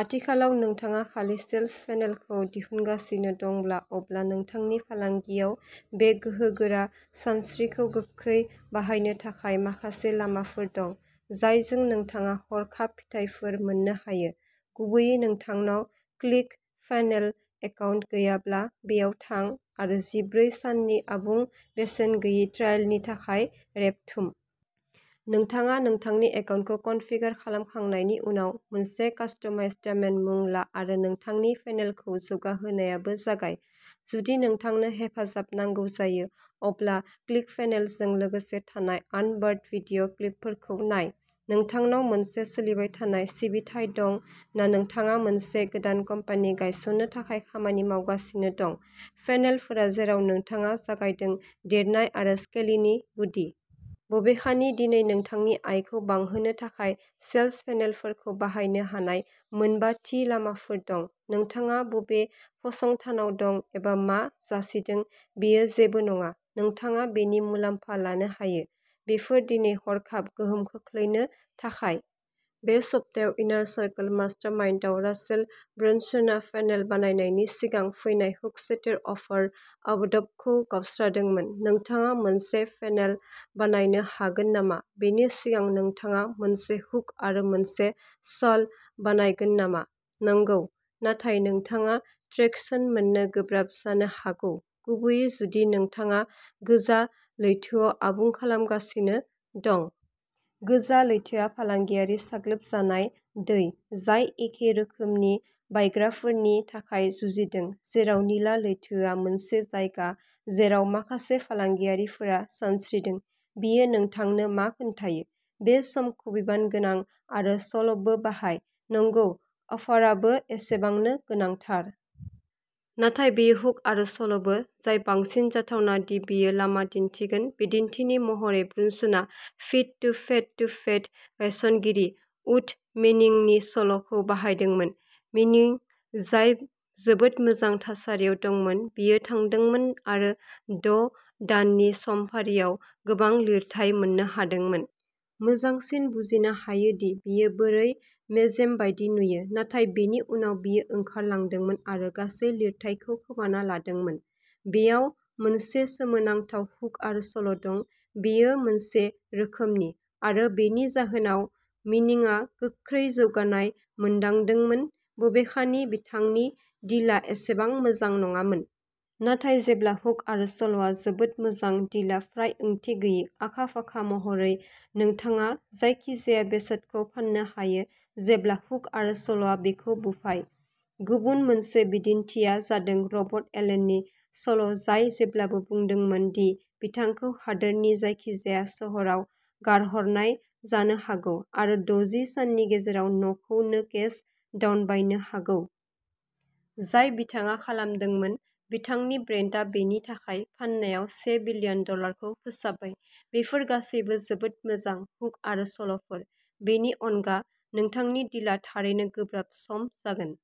आथिखालाव नोंथाङा खालि सेल्स फानेलखौ दिहुनगासिनो दंब्ला, अब्ला नोंथांनि फालांगियाव बे गोहोगोरा सानस्रिखौ गोख्रै बाहायनो थाखाय माखासे लामाफोर दं जायजों नोंथाङा हरखाब फिथायफोर मोननो हायो। गुबैयै नोंथांनाव क्लिक फानेल एकाउन्ट गैयाब्ला बेयाव थां आरो जिब्रै साननि आबुं बेसेन गैयै ट्राइलनि थाखाय रेबथुम। नोंथाङा नोंथांनि एकाउन्टखौ कनफिगार खालामखांनायनि उनाव मोनसे कास्टमाइज्ड डमेन मुं ला आरो नोंथांनि फानेलखौ जौगाहोनायबो जागाय। जुदि नोंथांनो हेफाजाब नांगौ जायो, अब्ला क्लिकफनेलजों लोगोसे थानाय अन-बर्डिं भिडिअ क्लिपफोरखौ नाय। नोंथांनाव मोनसे सोलिबाय थानाय सिबिथाइ दं ना नोंथाङा मोनसे गोदान कम्पानि गायसननो थाखाय खामानि मावगासिनो दं, फानेलफोरा जेराव नोंथाङा जागायदों, देरनाय आरो स्केलिंनि गुदि। बबेखानि दिनै नोंथांनि आयखौ बांहोनो थाखाय सेल्स फानेलफोरखौ बाहायनो हानाय मोन बा थि लामाफोर दं। नोंथाङा बबे फसंथानाव दं एबा मा जासिदों, बेयो जेबो नङा, नोंथाङा बेनि मुलाम्फा लानो हायो। बेफोर दिनै हरखाब गोहोम खोख्लैनो थाखाय। बे सप्तायाव इन्नार सार्कल मास्टारमाइन्डआव रासेल ब्रुनसनआ फानेल बानायनायनि सिगां फैनाय हुक-स्ट'रि-अफार आदबखौ गावस्रादोंमोन। नोंथाङा मोनसे फानेल बानायनो हागोन नामा बेनि सिगां नोंथाङा मोनसे हुक आरो मोनसे सल' बानायगोन नामा? नंगौ। नाथाय नोंथाङा ट्रेक्शन मोननो गोब्राब जानो हागौ, गुबैयै जुदि नोंथाङा गोजा लैथोआव आबुं खालामगासिनो दं। गोजा लैथोआ फालांगियारि-साग्लोबजानाय दै, जाय एखे रोखोमनि बायग्राफोरनि थाखाय जुजिदों, जेराव निला लैथोआ मोनसे जायगा जेराव माखासे फालांगियारिफोरा सानस्रिदों। बेयो नोंथांनो मा खोन्थायो? बे समखौ बिबानगोनां आरो सल'बो बाहाय। नंगौ, अफाराबो एसेबांनो गोनांथार। नाथाय बेयो हुक आरो सल'बो जाय बांसिन जाथावना दि बेयो लामा दिन्थिगोन। बिदिन्थि महरै, ब्रुनसनआ फिट-टु-फेट-टु-फेट गायसनगिरि, ड्रु मेनिंनि सल'खौ बाहायदोंमोन। मेनिं, जाय जोबोद मोजां थासारियाव दंमोन, बैयाव थांदोंमोन आरो द’ दाननि समफारियाव गोबां लिरथाइ मोननो हादोंमोन। मोजांसिन बुजिनो हायो दि बेयो बोरै मेजेम बायदि नुयो। नाथाय बेनि उनाव बियो ओंखारलांदोंमोन आरो गासै लिरथाइखौ खोमाना लादोंमोन। बेयाव मोनसे सोमोनांथाव हुक आरो सल' दं। बेयो मोनसे रोखोमनि। आरो, बेनि जाहोनाव, मेनिंआ गोख्रै जौगानाया मोनदांदोंमोन, बबेखानि बिथांनि डिलआ एसेबां मोजां नङामोन। नाथाय जेब्ला हुक आरो सल'आ जोबोद मोजां, डीलआ फ्राय ओंथि गैयै। आखा-फाखा महरै, नोंथाङा जायखिजाया बेसादखौ फाननो हायो जेब्ला हुक आरो सल'आ बेखौ बुफाय। गुबुन मोनसे बिदिन्थिआ जादों रबार्ट एलेननि सल'जाय जेब्लाबो बुङोमोन दि बिथांखौ हादरनि जायखिजाया सोहोराव गारहरनाय जानो हागौ आरो दजि साननि गेजेराव न'खौ नो केश डाउन बायनो हागौ। जाय बिथाङा खालामदोंमोन। बिथांनि ब्रान्डआ बेनि थाखाय फाननायाव से बिलियन डलारखौ फोसाबबाय। बेफोर गासैबो जोबोद मोजां हुक आरो सल'फोर। बेनि अनगा नोंथांनि डिलआ थारैनो गोब्राब सम जागोन।